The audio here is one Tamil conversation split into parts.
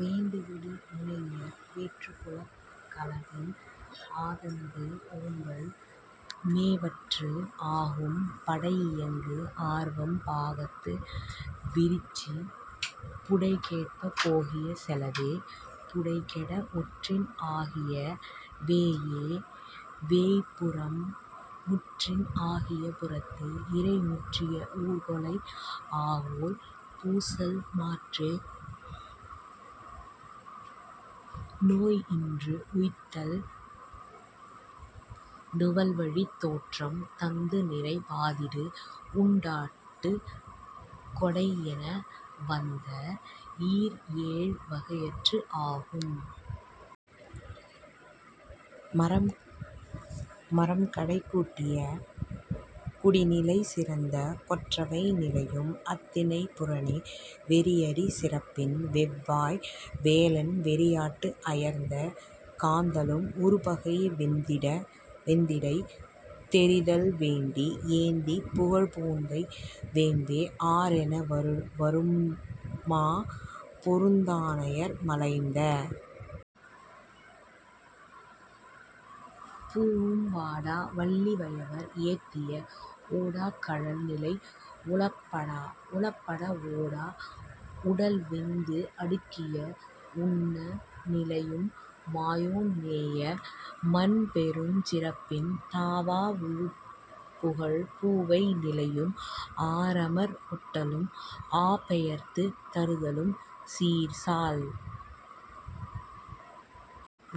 வேந்து விடு முனைஞர் வேற்றுப் புலக் களவின் ஆ தந்து ஓம்பல் மேவற்று ஆகும். படை இயங்கு அரவம் பாக்கத்து விரிச்சி புடை கெடப் போகிய செலவே புடை கெட ஒற்றின் ஆகிய வேயே வேய்ப்புறம் முற்றின் ஆகிய புறத்து இறை முற்றிய ஊர் கொலை ஆ கோள் பூசல் மாற்றே நோய் இன்று உய்த்தல் நுவல்வழித் தோற்றம் தந்து நிறை பாதீடு உண்டாட்டு கொடை என வந்த ஈர் ஏழ் வகையிற்று ஆகும். மறம் கடைக்கூட்டிய குடிநிலை சிறந்த கொற்றவை நிலையும் அத் திணைப் புறனே. வெறி அறி சிறப்பின் வெவ் வாய் வேலன் வெறியாட்டு அயர்ந்த காந்தளும் உறு பகை வேந்திடை தெரிதல் வேண்டி ஏந்து புகழ் போந்தை வேம்பே ஆர் என வரூஉம் மா பெருந்தானையர் மலைந்த பூவும் வாடா வள்ளி வயவர் ஏத்திய ஓடாக் கழல் நிலை உளப்பட ஓடா உடல் வேந்து அடுக்கிய உன்ன நிலையும் மாயோன் மேய மன் பெருஞ் சிறப்பின் தாவா விழுப் புகழ்ப் பூவை நிலையும் ஆர் அமர் ஓட்டலும் ஆ பெயர்த்துத் தருதலும் சீர் சால்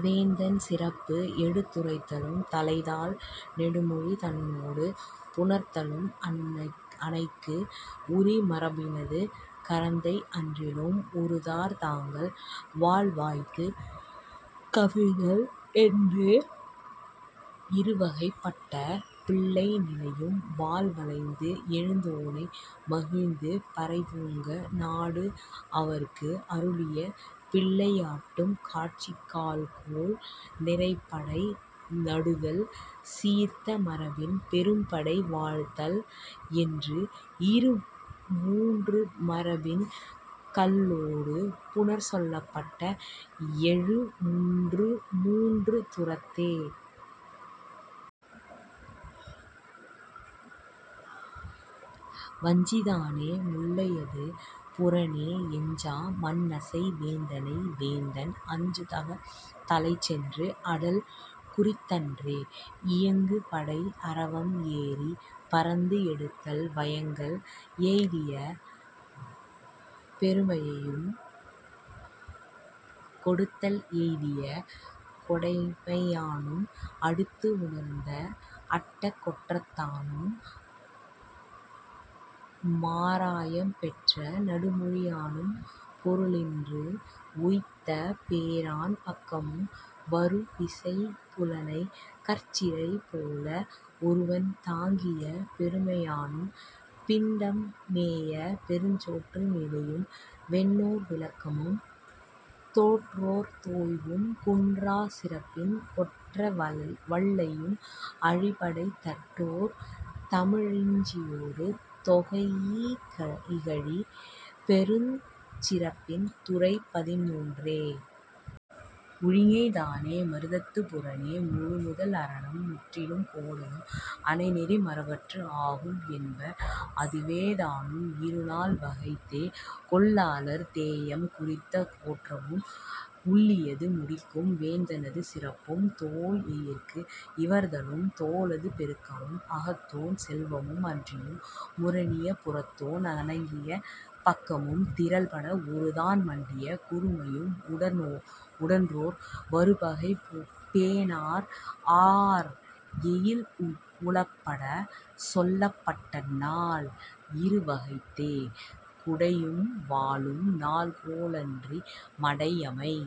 வேந்தன் சிறப்பு எடுத்து உரைத்தலும் தலைத் தாள் நெடுமொழி தன்னொடு புணர்த்தலும் அனைக்கு உரி மரபினது கரந்தை அன்றியும் உருதார் தாங்கல் வாள் வாய்த்துக் கவிழ்தல் என்று இரு வகைப் பட்ட பிள்ளை நிலையும் வாள் மலைந்து எழுந்தோனை மகிழ்ந்து பறை தூங்க நாடு அவற்கு அருளிய பிள்ளையாட்டும் காட்சி கால்கோள் நீர்ப்படை நடுதல் சீர்த்த மரபின் பெரும்படை வாழ்த்தல் என்று இரு மூன்று மரபின் கல்லொடு புணரச் சொல்லப்பட்ட எழு மூன்று மூன்று துறைத்தே. வஞ்சிதானே முல்லையது புறனே எஞ்சா மண் நசை வேந்தனை வேந்தன் அஞ்சு தகத் தலைச் சென்று அடல் குறித்தன்றே. இயங்கு படை அரவம் எரி பரந்து எடுத்தல் வயங்கல் எய்திய பெருமையானும் கொடுத்தல் எய்திய கொடைமையானும் அடுத்து ஊர்ந்து அட்ட கொற்றத்தானும் மாராயம் பெற்ற நெடுமொழியானும் பொருளின்று உய்த்த பேராண் பக்கமும் வரு விசைப் புனலைக் கற் சிறை போல ஒருவன் தாங்கிய பெருமையானும் பிண்டம் மேய பெருஞ்சோற்று நிலையும் வென்றோர் விளக்கமும் தோற்றோர் தேய்வும் குன்றாச் சிறப்பின் கொற்ற வள்ளையும் அழி படை தட்டோ ர் தமிழிஞ்சியொடு தொகைஇ கழி பெருஞ் சிறப்பின் துறை பதின்மூன்றே. உழிஞைதானே மருதத்துப் புறனே முழு முதல் அரணம் முற்றலும் கோடலும் அனை நெறி மரபிற்று ஆகும் என்ப. அதுவேதானும் இரு நால் வகைத்தே. கொள்ளார் தேஎம் குறித்த கொற்றமும் உள்ளியது முடிக்கும் வேந்தனது சிறப்பும் தொல் எயிற்கு இவர்தலும் தோலது பெருக்கமும் அகத்தோன் செல்வமும் அன்றியும் முரணிய புறத்தோன் அணங்கிய பக்கமும் திறல் பட ஒரு தான் மண்டிய குறுமையும் உடன்றோர் வரு பகை பேணார் ஆர் எயில் உளப்பட சொல்லப்பட்ட நால் இரு வகைத்தே. குடையும் வாளும் நாள்கோள் அன்றி மடை அமை